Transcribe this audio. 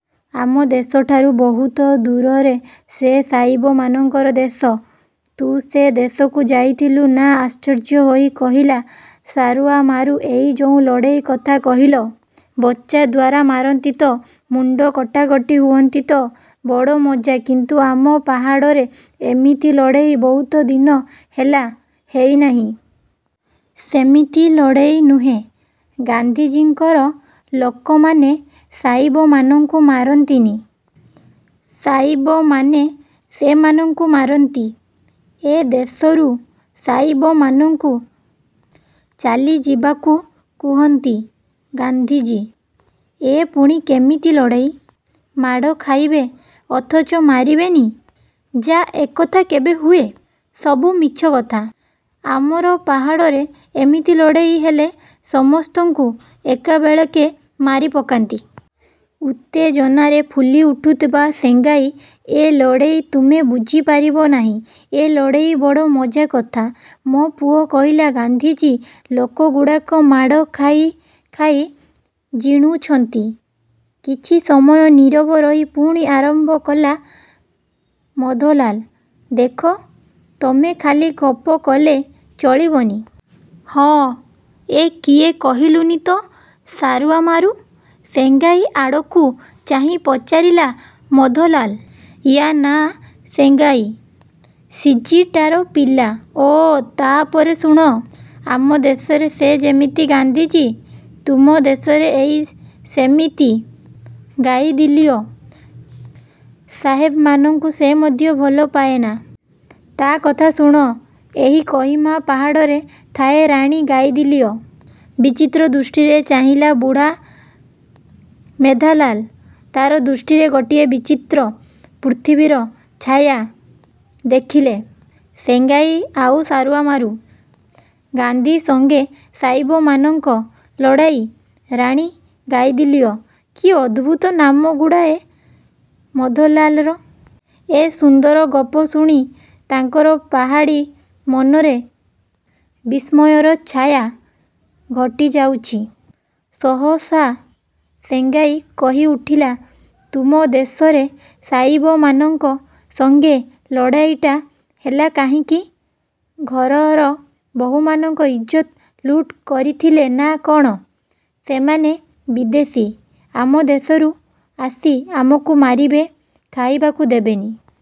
ଆମ ଦେଶଠାରୁ ବହୁତ ଦୂରରେ ସେ ସାହେବମାନଙ୍କର ଦେଶ। ତୁ ସେ ଦେଶକୁ ଯାଇଥିଲୁ? ନାଁ। ଆଶ୍ଚର୍ଯ୍ୟ ହୋଇ କହିଲା ସାରୁୟାମାରୁ ଏଇ ଯେଉଁ ଲଢ଼ାଇ କଥା କହିଲ, ବର୍ଚ୍ଛା ଦ୍ୱାରା ମାରନ୍ତି ତ? ମୁଣ୍ଡ କଟାକଟି ହୁଅନ୍ତି ତ? ବଡ଼ ମଜା। କିନ୍ତୁ ଆମ ପାହାଡ଼ରେ ଏମିତି ଲଢ଼ାଇ ବହୁତ ଦିନ ହେଲା ହେଇନାହିଁ। ସେମିତି ଲଢ଼ାଇ ନୁହେଁ। ଗାନ୍ଧିଜୀଙ୍କର ଲୋକମାନେ ସାଇବମାନଙ୍କୁ ମାରନ୍ତିନି। ସାଇବମାନେ ସେମାନଙ୍କୁ ମାରନ୍ତି। ଏ ଦେଶରୁ ସାଇବମାନଙ୍କୁ ଚାଲିଯିବାକୁ କୁହନ୍ତି ଗାନ୍ଧିଜୀ। ଏ ପୁଣି କେମିତି ଲଢ଼ାଇ? ମାଡ଼ ଖାଇବେ ଅଥଚ ମାରିବେନି। ଯାଃ, ଏକଥା କେବେ ହୁଏ? ସବୁ ମିଛ କଥା। ଆମର ପାହାଡ଼ରେ ଏମିତି ଲଢ଼େଇ ହେଲେ ସମସ୍ତଙ୍କୁ ଏକାବେଳକେ ମାରିପକାନ୍ତୁ। ଉତ୍ତେଜନାରେ ଫୁଲି ଉଠୁଥିବା ସେଙ୍ଗାଇ। ଏ ଲଢ଼େଇ ତୁମେ ବୁଝିପାରିବ ନାହିଁ। ଏ ଲଢ଼ାଇ ବଡ଼ ମଜା କଥା। ମୋ ପୁଅ କହିଲା, ଗାନ୍ଧିଜୀ ଲୋକଗୁଡ଼ାକ ମାଡ଼ ଖାଇ ଖାଇ ଜିଣୁଛନ୍ତି। କିଛି ସମୟ ନୀରବ ରହି ପୁଣି ଆରମ୍ଭ କଲା ମଧୋଲାଲ। ଦେଖ, ତମେ ଖାଲି ଗପ କଲେ ଚଳିବନି। ହଁ, ଏ କିଏ କହିଲୁନି ତ ସାରୁୟାମାରୁ। ସେଙ୍ଗାଇ ଆଡ଼କୁ ଚାହିଁ ପଚାରିଲା ମଧୋଲାଲ। ୟା ନାଁ ସେଙ୍ଗାଇ। ସିଜିଟାର ପିଲା। ଓଃ। ତା ପରେ ଶୁଣ, ଆମ ଦେଶରେ ସେ ଯେମିତି ଗାନ୍ଧିଜୀ, ତୁମ ଦେଶରେ ଇଏ ସେମିତି ଗାଇଦିଲିଓ। ସାହେବମାନଙ୍କୁ ସେ ମଧ୍ୟ ଭଲ ପାଏନା। ତା କଥା ଶୁଣ। ଏହି କୋହିମା ପାହାଡ଼ରେ ଥାଏ ରାଣୀ ଗାଇଦିଲିଓ। ବିଚିତ୍ର ଦୃଷ୍ଟିରେ ଚାହିଁଲା ବୁଢ଼ା ମେଧୋଲାଲ। ତାର ଦୃଷ୍ଟିରେ ଗୋଟିଏ ବିଚିତ୍ର ପୃଥିବୀର ଛାୟା ଦେଖିଲେ ସେଙ୍ଗାଇ ଆଉ ସାରୁୟାମାରୁ। ଗାନ୍ଧୀ ସଙ୍ଗେ ସାଇବମାନଙ୍କ ଲଢ଼ାଇ। ରାଣୀ ଗାଇଦିଲିଓ। କି ଅଦ୍ଭୁତ ନାମଗୁଡ଼ାଏ ମଧୋଲାଲର। ଏଇ ସୁନ୍ଦର ଗପ ଶୁଣି ତାଙ୍କର ପାହାଡ଼ୀ ମନରେ ବିସ୍ମୟର ଛାୟା ଘୋଟିଯାଇଛି। ସହସା ସେଙ୍ଗାଇ କହି ଉଠିଲା ତୁମ ଦେଶରେ ସାଇବମାନଙ୍କ ସଙ୍ଗେ ଲଢ଼ାଇଟା ହେଲା କାହିଁକି? ଘରର ବୋହୂମାନଙ୍କ ଇଜ୍ଜତ ଲୁଟ୍ କରିଥିଲେ ନା କଣ? ସେମାନେ ବିଦେଶୀ। ଆମ ଦେଶରୁ ଆସି ଆମକୁ ମାରିବେ, ଖାଇବାକୁ ଦେବେନି।